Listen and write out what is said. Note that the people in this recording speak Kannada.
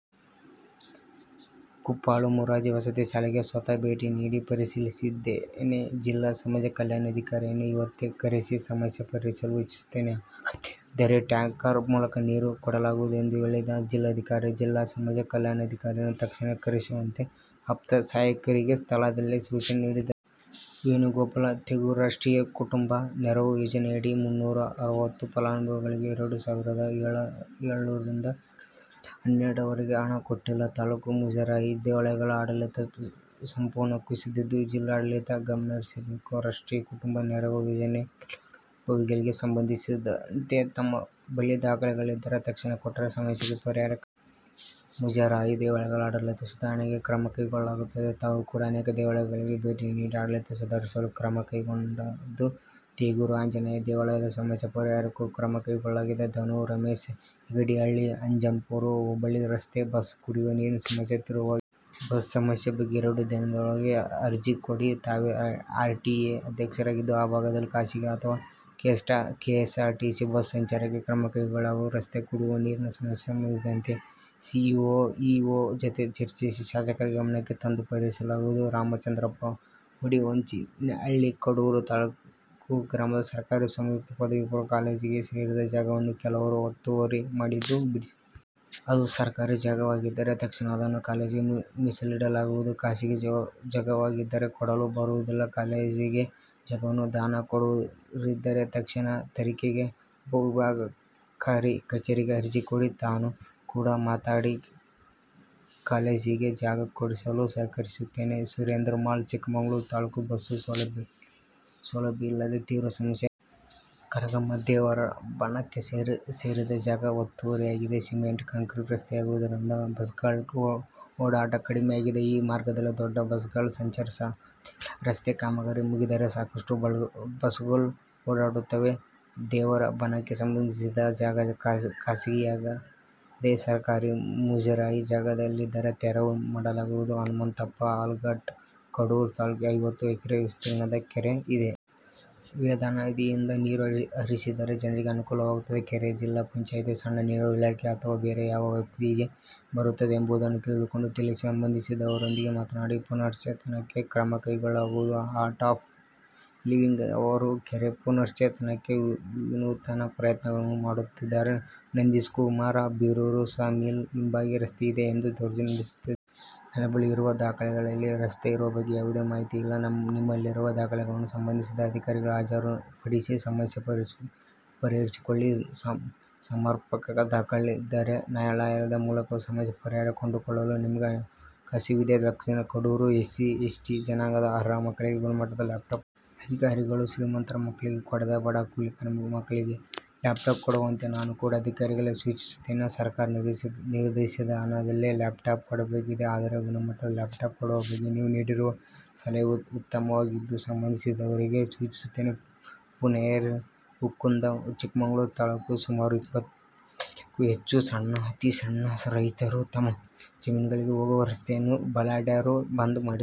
ಕುಪ್ಪಾಳು ಮೊರಾರ್ಜಿ ವಸತಿ ಶಾಲೆಗೆ ಸ್ವತಃ ಭೇಟಿ ನೀಡಿ ಪರಿಶೀಲಿಸಿದ್ದೇನೆ. ಜಿಲ್ಲಾ ಸಮಾಜ ಕಲ್ಯಾಣಾಧಿಕಾರಿಯನ್ನು ಇವತ್ತೇ ಕರೆಸಿ ಸಮಸ್ಯೆ ಪರಿಹರಿಸಲು ಸೂಚಿಸುತ್ತೇನೆ. ಅಗತ್ಯವಿದ್ದರೆ ಟ್ಯಾಂಕರ್ ಮೂಲಕ ನೀರು ಕೊಡಲಾಗುವುದು ಎಂದು ಹೇಳಿದ ಜಿಲ್ಲಾಧಿಕಾರಿ, ಜಿಲ್ಲಾ ಸಮಾಜ ಕಲ್ಯಾಣಾಧಿಕಾರಿಯನ್ನು ತಕ್ಷಣ ಕರೆಸುವಂತೆ ಆಪ್ತ ಸಹಾಯಕರಿಗೆ ಸ್ಥಳದಲ್ಲೇ ಸೂಚನೆ ನೀಡಿದರು. ವೇಣುಗೋಪಾಲ್, ತೇಗೂರು ರಾಷ್ಟ್ರೀಯ ಕುಟುಂಬ ನೆರವು ಯೋಜನೆಯಡಿ ಮುನ್ನೂರ ಅರವತ್ತು ಫಲಾನುಭವಿಗಳಿಗೆ ಎರಡು ಸಾವಿರದ ಏಳರಿಂದ ಎರಡು ಸಾವಿರದ ಹನ್ನೆರಡರವರೆಗೆ ಹಣ ಕೊಟ್ಟಿಲ್ಲ. ತಾಲೂಕು ಮುಜರಾಯಿ ದೇವಾಲಯಗಳ ಆಡಳಿತ ಸಂಪೂರ್ಣ ಕುಸಿದಿದ್ದು, ಜಿಲ್ಲಾಡಳಿತ ಗಮನಹರಿಸಬೇಕು. ರಾಷ್ಟ್ರೀಯ ಕುಟುಂಬ ನೆರವು ಯೋಜನೆ ಫಲಾನುಭವಿಗಳಿಗೆ ಸಂಬಂಧಿಸಿದಂತೆ ತಮ್ಮ ಬಳಿ ದಾಖಲೆಗಳಿದ್ದರೆ ತಕ್ಷಣ ಕೊಟ್ಟರೆ ಸಮಸ್ಯೆಗೆ ಪರಿಹಾರ ಕಲ್ಪಿಸಲಾಗುವುದು. ಮುಜರಾಯಿ ದೇವಾಲಯಗಳ ಆಡಳಿತ ಸುಧಾರಣೆಗೆ ಕ್ರಮ ಕೈಗೊಳ್ಳಲಾಗುತ್ತಿದೆ. ತಾವು ಕೂಡ ಅನೇಕ ದೇವಾಲಯಗಳಿಗೆ ಭೇಟಿ ನೀಡಿ ಆಡಳಿತ ಸುಧಾರಿಸಲು ಕ್ರಮ ಕೈಗೊಂಡಿದ್ದು, ತೇಗೂರು ಆಂಜನೇಯ ದೇವಾಲಯದ ಸಮಸ್ಯೆ ಪರಿಹಾರಕ್ಕೂ ಕ್ರಮ ಕೈಗೊಳ್ಳಲಾಗಿದೆ. ಧನು, ರಮೇಶ್, ಯಗಡಿಹಳ್ಳಿ, ಅಜ್ಜಂಪುರ ಹೋಬಳಿ ರಸ್ತೆ, ಬಸ್, ಕುಡಿವ ನೀರಿನ ಸಮಸ್ಯೆ ತೀವ್ರವಾಗಿದೆ. ಬಸ್ ಸಮಸ್ಯೆ ಬಗ್ಗೆ ಎರಡು ದಿನದೊಳಗೆ ಅರ್ಜಿ ಕೊಡಿ. ತಾವೇ ಆರ್ಟಿಎ ಅಧ್ಯಕ್ಷರಾಗಿದ್ದು, ಆ ಭಾಗದಲ್ಲಿ ಖಾಸಗಿ ಅಥವಾ ಕೆಎಸ್ಸಾರ್ಟಿಸಿ ಬಸ್ ಸಂಚಾರಕ್ಕೆ ಕ್ರಮ ಕೈಗೊಳ್ಳಲಾಗುವುದು. ರಸ್ತೆ, ಕುಡಿವ ನೀರಿನ ಸಮಸ್ಯೆಗೆ ಸಂಬಂಧಿಸಿದಂತೆ ಸಿಇಒ, ಇಒ ಜತೆ ಚರ್ಚಿಸಿ, ಶಾಸಕರ ಗಮನಕ್ಕೆ ತಂದು ಪರಿಹರಿಸಲಾಗುವುದು. ರಾಮಚಂದ್ರಪ್ಪ, ಜೋಡಿಹೋಚಿಹಳ್ಳಿ, ಕಡೂರು ತಾಲ್ಲೂಕು ಗ್ರಾಮದ ಸರಕಾರಿ ಸಂಯುಕ್ತ ಪದವಿಪೂರ್ವ ಕಾಲೇಜಿಗೆ ಸೇರಿದ ಜಾಗವನ್ನು ಕೆಲವರು ಒತ್ತುವರಿ ಮಾಡಿದ್ದು, ಬಿಡಿಸಿಕೊಡಿ. ಅದು ಸರಕಾರಿ ಜಾಗವಾಗಿದ್ದರೆ ತಕ್ಷಣ ಅದನ್ನು ಕಾಲೇಜಿಗೆ ಮೀಸಲಿಡಲಾಗುವುದು. ಖಾಸಗಿ ಜಾಗವಾಗಿದ್ದರೆ ಕೊಡಲು ಬರುವುದಿಲ್ಲ. ಕಾಲೇಜಿಗೆ ಜಾಗವನ್ನು ದಾನ ಕೊಡುವವರಿದ್ದರೆ ತಕ್ಷಣ ತರೀಕೆರೆ ಉಪ ವಿಭಾಗಾಧಿಕಾರಿ ಕಚೇರಿಗೆ ಅರ್ಜಿ ಕೊಡಿ. ನಾನು ಕೂಡ ಮಾತನಾಡಿ ಕಾಲೇಜಿಗೆ ಜಾಗ ಕೊಡಿಸಲು ಸಹಕರಿಸುತ್ತೇನೆ. ಸುರೇಂದ್ರ, ಮಹಲ್, ಚಿಕ್ಕಮಗಳೂರು ತಾಲ್ಲೂಕು ಬಸ್ ಸೌಲಭ್ಯ ಇಲ್ಲದೆ ತೀವ್ರ ಸಮಸ್ಯೆಯಾಗುತ್ತಿದೆ. ಕರಗಮ್ಮ ದೇವರಬನಕ್ಕೆ ಸೇರಿದ ಜಾಗ ಒತ್ತುವರಿಯಾಗಿದೆ. ಸಿಮೆಂಟ್ ಕಾಂಕ್ರಿಟ್ ರಸ್ತೆಯಾಗುತ್ತಿರುವುದರಿಂದ ಬಸ್ಗಳ ಓಡಾಟ ಕಡಿಮೆಯಾಗಿದೆ. ಈ ಮಾರ್ಗದಲ್ಲಿ ದೊಡ್ಡ ಬಸ್ಗಳ ಸಂಚಾರ ಸಾಧ್ಯವಿಲ್ಲ. ರಸ್ತೆ ಕಾಮಗಾರಿ ಮುಗಿದರೆ ಸಾಕಷ್ಟು ಬಸ್ಗಳು ಓಡಾಡುತ್ತವೆ. ದೇವರಬನಕ್ಕೆ ಸಂಬಂಧಿಸಿದ ಜಾಗ ಖಾಸಗಿಯಾಗದೆ ಸರಕಾರಿ, ಮುಜರಾಯಿ ಜಾಗದಲ್ಲಿದ್ದರೆ ತೆರವು ಮಾಡಲಾಗುವುದು. ಹನುಮಂತಪ್ಪ, ಆಲಗಟ್ಟ, ಕಡೂರು ತಾಲ್ಲೂಕು ಐವತ್ತು ಎಕರೆ ವಿಸ್ತೀರ್ಣದ ಕೆರೆ ಇದೆ. ವೇದಾನದಿಯಿಂದ ನೀರು ಹರಿಸಿದರೆ ಜನರಿಗೆ ಅನುಕೂಲವಾಗುತ್ತದೆ. ಕೆರೆ ಜಿಲ್ಲಾ ಪಂಚಾಯಿತಿ, ಸಣ್ಣ ನೀರಾವರಿ ಇಲಾಖೆ ಅಥವಾ ಬೇರೆ ಯಾವ ವ್ಯಾಪ್ತಿಗೆ ಬರುತ್ತದೆ ಎಂಬುದನ್ನು ತಿಳಿದುಕೊಂಡು ತಿಳಿಸಿ. ಸಂಬಂಧಿಸಿದವರೊಂದಿಗೆ ಮಾತನಾಡಿ ಪುನಶ್ಚೇತನಕ್ಕೆ ಕ್ರಮ ಕೈಗೊಳ್ಳಲಾಗುವುದು. ಆರ್ಟ್ ಆಫ್ ಲಿವಿಂಗ್ನವರು ಕೆರೆ ಪುನಶ್ಚೇತನಕ್ಕೆ ವಿನೂತನ ಪ್ರಯತ್ನಗಳನ್ನು ಮಾಡುತ್ತಿದ್ದಾರೆ. ನಂದೀಶ್ಕುಮಾರ್, ಬೀರೂರು ಸಾ ಮಿಲ್ ಹಿಂಭಾಗ ರಸ್ತೆ ಇದೆ ಎಂದು ದೌರ್ಜನ್ಯ ನಡೆಸುತ್ತಿದ್ದಾರೆ. ನನ್ನ ಬಳಿ ಇರುವ ದಾಖಲೆಗಳಲ್ಲಿ ರಸ್ತೆ ಇರುವ ಬಗ್ಗೆ ಯಾವುದೇ ಮಾಹಿತಿ ಇಲ್ಲ. ನಿಮ್ಮಲ್ಲಿರುವ ದಾಖಲೆಗಳನ್ನು ಸಂಬಂಧಿಸಿದ ಅಧಿಕಾರಿಗೆ ಹಾಜರು ಪಡಿಸಿ ಸಮಸ್ಯೆ ಪರಿಹರಿಸಿಕೊಳ್ಳಿ. ಸಮರ್ಪಕ ದಾಖಲೆಗಳಿದ್ದರೆ ನ್ಯಾಯಾಲಯದ ಮೂಲಕವೂ ಸಮಸ್ಯೆಗೆ ಪರಿಹಾರ ಕಂಡುಕೊಳ್ಳಲು ನಿಮಗೆ ಅವಕಾಶವಿದೆ. ಲಕ್ಷ್ಮಣ, ಕಡೂರು ಎಸ್ಸಿ, ಎಸ್ಟಿ ಜನಾಂಗದ ಅರ್ಹ ಮಕ್ಕಳಿಗೆ ಗುಣಮಟ್ಟದ ಲ್ಯಾಪ್ಟಾಪ್ ಕೊಡಿ. ಅಧಿಕಾರಿಗಳು, ಶ್ರೀಮಂತರ ಮಕ್ಕಳಿಗೆ ಕೊಡದೆ ಬಡ, ಕೂಲಿ ಕಾರ್ಮಿಕರ ಮಕ್ಕಳಿಗೆ ಲ್ಯಾಪ್ಟಾಪ್ ಕೊಡುವಂತೆ ನಾನು ಕೂಡ ಅಧಿಕಾರಿಗಳಿಗೆ ಸೂಚಿಸುತ್ತೇನೆ. ಸರಕಾರ ನಿಗದಿಸಿದ ಹಣದಲ್ಲೇ ಲ್ಯಾಪ್ಟಾಪ್ ಕೊಡಬೇಕಿದೆ. ಆದರೆ, ಗುಣಮಟ್ಟದ ಲ್ಯಾಪ್ಟಾಪ್ ಕೊಡುವ ಬಗ್ಗೆ ನೀವು ನೀಡಿರುವ ಸಲಹೆ ಉತ್ತಮವಾಗಿದ್ದು, ಸಂಬಂಧಿಸಿದವರಿಗೆ ಸೂಚಿಸುತ್ತೇನೆ. ಪೂರ್ಣೇಶ್, ಹುಕ್ಕುಂದ, ಚಿಕ್ಕಮಗಳೂರು ತಾಲ್ಲೂಕು ಸುಮಾರು ಇಪ್ಪತ್ತೈದಕ್ಕೂ ಹೆಚ್ಚು ಸಣ್ಣ, ಅತಿಸಣ್ಣ ರೈತರು ತಮ್ಮ ಜಮೀನುಗಳಿಗೆ ಹೋಗುವ ರಸ್ತೆಯನ್ನು ಬಲಾಢ್ಯರು ಬಂದ್ ಮಾಡಿದ್ದಾರೆ.